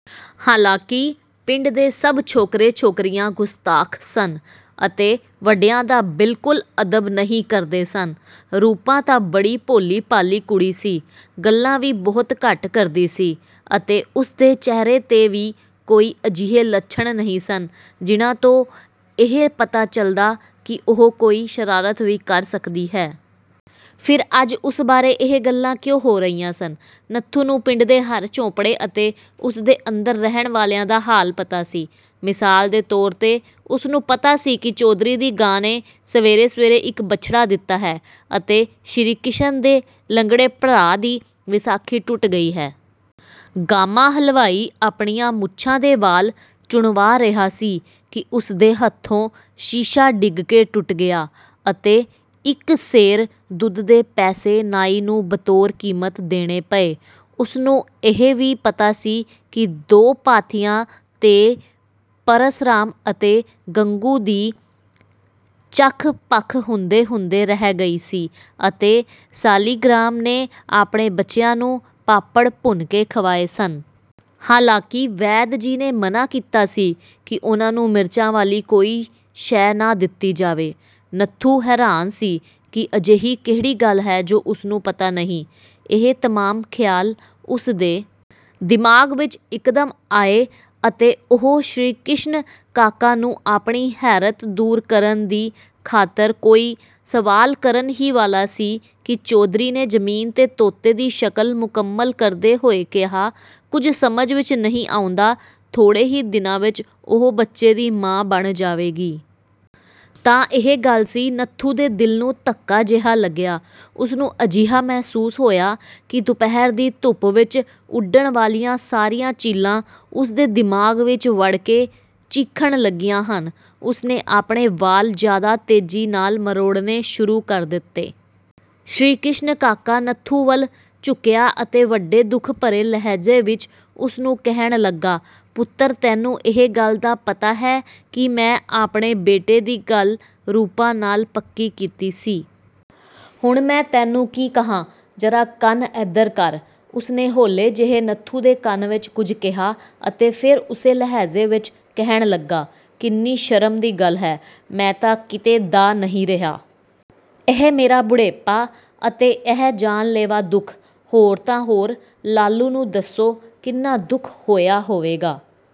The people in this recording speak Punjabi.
ਹਾਲਾਂਕਿ ਪਿੰਡ ਦੇ ਸਭ ਛੋਕਰੇ-ਛੋਕਰੀਆਂ ਗੁਸਤਾਖ਼ ਸਨ ਅਤੇ ਵੱਡਿਆਂ ਦਾ ਬਿਲਕੁਲ ਅਦਬ ਨਹੀਂ ਕਰਦੇ ਸਨ। ਰੂਪਾ ਤਾਂ ਬੜੀ ਭੋਲੀ-ਭਾਲੀ ਕੁੜੀ ਸੀ। ਗੱਲਾਂ ਵੀ ਬਹੁਤ ਘੱਟ ਕਰਦੀ ਸੀ ਅਤੇ ਉਸਦੇ ਚਿਹਰੇ 'ਤੇ ਵੀ ਕੋਈ ਅਜਿਹੇ ਲੱਛਣ ਨਹੀਂ ਸਨ ਜਿਨ੍ਹਾਂ ਤੋਂ ਇਹ ਪਤਾ ਚੱਲਦਾ ਕਿ ਉਹ ਕੋਈ ਸ਼ਰਾਰਤ ਵੀ ਕਰ ਸਕਦੀ ਹੈ। ਫਿਰ ਅੱਜ ਉਸ ਬਾਰੇ ਇਹ ਗੱਲਾਂ ਕਿਉਂ ਹੋ ਰਹੀਆਂ ਸਨ। ਨੱਥੂ ਨੂੰ ਪਿੰਡ ਦੇ ਹਰ ਝੋਂਪੜੇ ਅਤੇ ਉਸਦੇ ਅੰਦਰ ਰਹਿਣ ਵਾਲਿਆਂ ਦਾ ਹਾਲ ਪਤਾ ਸੀ। ਮਿਸਾਲ ਦੇ ਤੌਰ 'ਤੇ ਉਸਨੂੰ ਪਤਾ ਸੀ ਕਿ ਚੌਧਰੀ ਦੀ ਗਾਂ ਨੇ ਸਵੇਰੇ-ਸਵੇਰੇ ਇੱਕ ਬਛੜਾ ਦਿੱਤਾ ਹੈ ਅਤੇ ਸ੍ਰੀ ਕਿਸ਼ਨ ਦੇ ਲੰਗੜੇ ਭਰਾ ਦੀ ਵਿਸਾਖੀ ਟੁੱਟ ਗਈ ਹੈ। ਗਾਮਾ ਹਲਵਾਈ ਆਪਣੀਆਂ ਮੁੱਛਾਂ ਦੇ ਵਾਲ਼ ਚੁਣਵਾ ਰਿਹਾ ਸੀ ਕਿ ਉਸਦੇ ਹੱਥੋਂ ਸ਼ੀਸ਼ਾ ਡਿੱਗ ਕੇ ਟੁੱਟ ਗਿਆ ਅਤੇ ਇੱਕ ਸੇਰ ਦੁੱਧ ਦੇ ਪੈਸੇ ਨਾਈ ਨੂੰ ਬਤੌਰ ਕੀਮਤ ਦੇਣੇ ਪਏ। ਉਸਨੂੰ ਇਹ ਵੀ ਪਤਾ ਸੀ ਕਿ ਦੋ ਪਾਥੀਆਂ 'ਤੇ ਪਰਸਰਾਮ ਅਤੇ ਗੰਗੂ ਦੀ ਚਖ਼-ਪਖ਼ ਹੁੰਦੇ-ਹੁੰਦੇ ਰਹਿ ਗਈ ਸੀ ਅਤੇ ਸਾਲਿਗਰਾਮ ਨੇ ਆਪਣੇ ਬੱਚਿਆਂ ਨੂੰ ਪਾਪੜ ਭੁੰਨ ਕੇ ਖਵਾਏ ਸਨ। ਹਾਲਾਂਕਿ ਵੈਦ ਜੀ ਨੇ ਮਨ੍ਹਾ ਕੀਤਾ ਸੀ ਕਿ ਉਨ੍ਹਾਂ ਨੂੰ ਮਿਰਚਾਂ ਵਾਲੀ ਕੋਈ ਸ਼ੈ ਨਾ ਦਿੱਤੀ ਜਾਵੇ। ਨੱਥੂ ਹੈਰਾਨ ਸੀ ਕਿ ਅਜਿਹੀ ਕਿਹੜੀ ਗੱਲ ਹੈ ਜੋ ਉਸਨੂੰ ਪਤਾ ਨਹੀਂ। ਇਹ ਤਮਾਮ ਖਿਆਲ ਉਸਦੇ ਦਿਮਾਗ਼ ਵਿੱਚ ਇੱਕਦਮ ਆਏ ਅਤੇ ਉਹ ਸ੍ਰੀ ਕਿਸ਼ਨ ਕਾਕਾ ਨੂੰ ਆਪਣੀ ਹੈਰਤ ਦੂਰ ਕਰਨ ਦੀ ਖ਼ਾਤਰ ਕੋਈ ਸਵਾਲ ਕਰਨ ਹੀ ਵਾਲਾ ਸੀ ਕਿ ਚੌਧਰੀ ਨੇ ਜ਼ਮੀਨ 'ਤੇ ਤੋਤੇ ਦੀ ਸ਼ਕਲ ਮੁਕੰਮਲ ਕਰਦੇ ਹੋਏ ਕਿਹਾ, "ਕੁੱਝ ਸਮਝ ਵਿੱਚ ਨਹੀਂ ਆਉਂਦਾ ਥੋੜ੍ਹੇ ਹੀ ਦਿਨਾਂ ਵਿੱਚ ਉਹ ਬੱਚੇ ਦੀ ਮਾਂ ਬਣ ਜਾਵੇਗੀ।" ਤਾਂ ਇਹ ਗੱਲ ਸੀ। ਨੱਥੂ ਦੇ ਦਿਲ ਨੂੰ ਧੱਕਾ ਜਿਹਾ ਲੱਗਿਆ। ਉਸਨੂੰ ਅਜਿਹਾ ਮਹਿਸੂਸ ਹੋਇਆ ਕਿ ਦੁਪਹਿਰ ਦੀ ਧੁੱਪ ਵਿੱਚ ਉੱਡਣ ਵਾਲੀਆਂ ਸਾਰੀਆਂ ਚੀਲਾਂ ਉਸਦੇ ਦਿਮਾਗ਼ ਵਿੱਚ ਵੜ ਕੇ ਚੀਖ਼ਣ ਲੱਗੀਆਂ ਹਨ। ਉਸਨੇ ਆਪਣੇ ਵਾਲ਼ ਜ਼ਿਆਦਾ ਤੇਜ਼ੀ ਨਾਲ ਮਰੋੜਨੇ ਸ਼ੁਰੂ ਕਰ ਦਿੱਤੇ। ਸ੍ਰੀ ਕਿਸ਼ਨ ਕਾਕਾ, ਨੱਥੂ ਵੱਲ ਝੁੱਕਿਆ ਅਤੇ ਵੱਡੇ ਦੁੱਖ ਭਰੇ ਲਹਿਜੇ ਵਿੱਚ ਉਸਨੂੰ ਕਹਿਣ ਲੱਗਾ, "ਪੁੱਤਰ ਤੈਨੂੰ ਇਹ ਗੱਲ ਤਾਂ ਪਤਾ ਹੈ ਕਿ ਮੈਂ ਆਪਣੇ ਬੇਟੇ ਦੀ ਗੱਲ ਰੂਪਾ ਨਾਲ ਪੱਕੀ ਕੀਤੀ ਸੀ। ਹੁਣ ਮੈਂ ਤੈਨੂੰ ਕੀ ਕਹਾਂ ਜਰਾ ਕੰਨ ਏਧਰ ਕਰ।" ਉਸਨੇ ਹੌਲੇ ਜਿਹੇ ਨੱਥੂ ਦੇ ਕੰਨ ਵਿੱਚ ਕੁੱਝ ਕਿਹਾ ਅਤੇ ਫਿਰ ਉਸੇ ਲਹਿਜੇ ਵਿੱਚ ਕਹਿਣ ਲੱਗਾ, "ਕਿੰਨੀ ਸ਼ਰਮ ਦੀ ਗੱਲ ਹੈ। ਮੈਂ ਤਾਂ ਕਿਤੇ ਦਾ ਨਹੀਂ ਰਿਹਾ। ਇਹ ਮੇਰਾ ਬੁਢੇਪਾ ਅਤੇ ਇਹ ਜਾਨ-ਲੇਵਾ ਦੁੱਖ, ਹੋਰ ਤਾਂ ਹੋਰ ਲਾਲੂ ਨੂੰ ਦੱਸੋ ਕਿੰਨਾ ਦੁੱਖ ਹੋਇਆ ਹੋਵੇਗਾ"